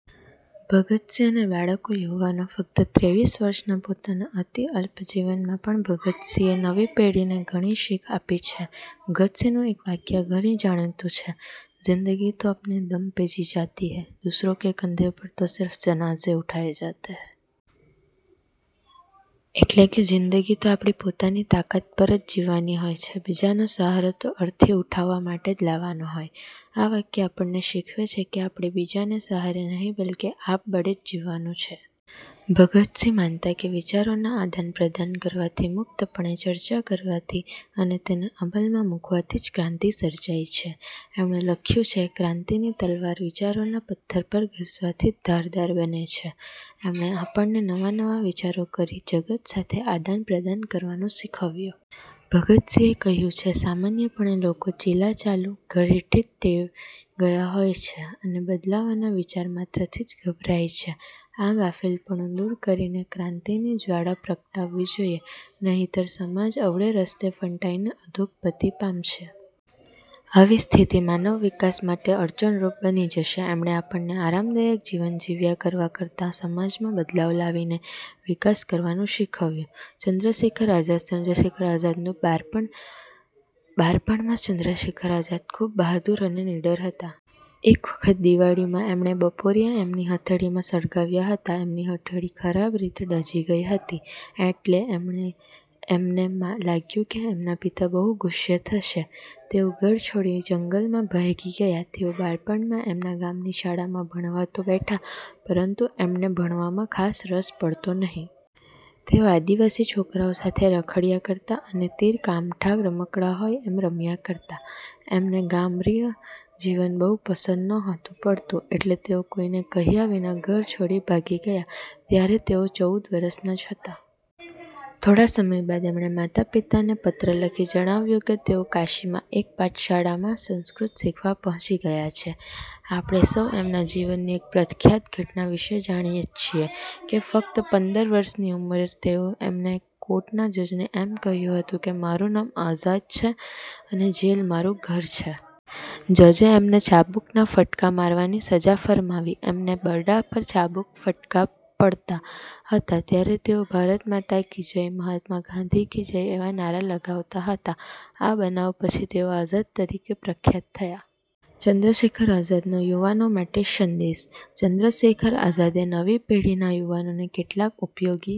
ભગતસિંહ અને બાળકો યુવાનો: ફક્ત ત્રેવીસ વર્ષના પોતાના અતિ અલ્પ જીવનમાં પણ ભગતસિંહે નવી પેઢીને ઘણી શીખ આપી છે. ભગતસિંહનું એક વાક્ય ઘણું જાણીતું છે, "જિંદગી તો અપને દમ પે જી જાતી હૈ, દૂસરોં કે કંધે પર તો સિર્ફ જનાજે ઉઠાયે જાતે હૈ." એટલે કે, "જિંદગી તો આપણી પોતાની તાકાત પર જ જીવવાની હોય છે. બીજાનો સહારો તો અર્થી ઉઠાવવા। માટે જ લેવાનો હોય." આ વાક્ય આપણને શીખવે છે કે આપણે બીજાને સહારે નહિ બલ્કે આપબળે જ જીવવાનું છે. ભગતસિંહ માનતા કે વિચારોના આદાનપ્રદાન કરવાથી, મુક્તપણે ચર્ચા કરવાથી અને તેને અમલમાં મુકવાથી જ ક્રાંતિ સર્જાય છે. એમણે લખ્યું છે "ક્રાંતિની તલવાર વિચારોના પથ્થર પર ઘસવાથી જ ધારદાર બને છે." એમણે આપણને નવા-નવા વિચારો કરી, જગત સાથે આદાનપ્રદાન કરવાનું શીખવ્યું. ભગતસિંહે કહ્યું છે, "સામાન્યપણે લોકો ચીલાચાલુ ઘરેડથી જ ટેવાઈ ગયા હોય છે અને બદલાવના વિચાર માત્રથી જ ગભરાઈ જાય છે. આ ગાફેલપણું દૂર કરીને ક્રાંતિની જવાળા પ્રગટાવવી જોઈએ. નહીંતર સમાજ અવળે રસ્તે ફંટાઈને અધોગતિ પામશે. આવી સ્થિતિ માનવ વિકાસ માટે અડચણરૂપ બની જશે." એમણે આપણને આરામદાયક જીવન જીવ્યા કરવા કરતાં સમાજમાં બદલાવ લાવીને વિકાસ કરવાનું શીખવ્યું. ચંદ્રશેખર આઝાદ: ચંદ્રશેખર આઝાદનું બાળપણ: બાળપણમાં ચંદ્રશેખર આઝાદ ખુબ જ બહાદુર અને નીડર હતા. એક વખત દિવાળીમાં એમણે બપોરીયા એમની હથેળીમાં સળગાવ્યા હતા. એમની હથેળી ખરાબ રીતે દાઝી ગઈ હતી એટલે એમને લાગ્યું કે એમના પિતા બહુ ગુસ્સે થશે. તેઓ ઘર છોડી જંગલમાં ભાગી ગયા! તેઓ બાળપણમાં એમના ગામની શાળામાં ભણવા તો બેઠા પરંતુ એમને ભણવામાં ખાસ રસ પડતો નહિ. તેઓ આદિવાસી છોકરાઓ સાથે રખડયા કરતા અને તીર કામઠાં રમકડાં હોય એમ રમ્યા કરતા. એમને ગ્રામ્ય જીવન બહુ પસંદ નહોતું પડતું એટલે તેઓ કોઈને કહ્યા વિના ઘર છોડી ભાગી ગયા. ત્યારે તેઓ ચૌદ વર્ષના જ હતા. થોડા સમય બાદ એમણે માતા પિતાને પત્ર લખી જણાવ્યું કે તેઓ કાશીમાં એક પાઠશાળામાં સંસ્કૃત શીખવા પહોંચી ગયા છે. આપણે સૌ એમના જીવનની એક પ્રખ્યાત ઘટના વિષે જાણીએ જ છીએ કે ફક્ત પંદર વર્ષની ઉંમરે એમણે કોર્ટના જજને એમ કહ્યું હતું કે મારુ નામ આઝાદ છે, અને જેલ એ મારું ઘર છે. જજે એમને ચાબુકના ફટકા મારવાની સજા ફરમાવી. એમને બરડા પર ચાબુકના ફટકા પડતા હતા ત્યારે તેઓ "ભારત માતા કી જય", "મહાત્મા ગાંધી કી જય" એવા નારા લગાવતા હતા. આ બનાવ પછી તેઓ આઝાદ તરીકે પ્રખ્યાત થયા. ચંદ્રશેખર આઝાદનો યુવાનો માટે સંદેશ: ચંદ્રશેખર આઝાદે નવી પેઢીના યુવાનોને કેટલાક ઉપયોગી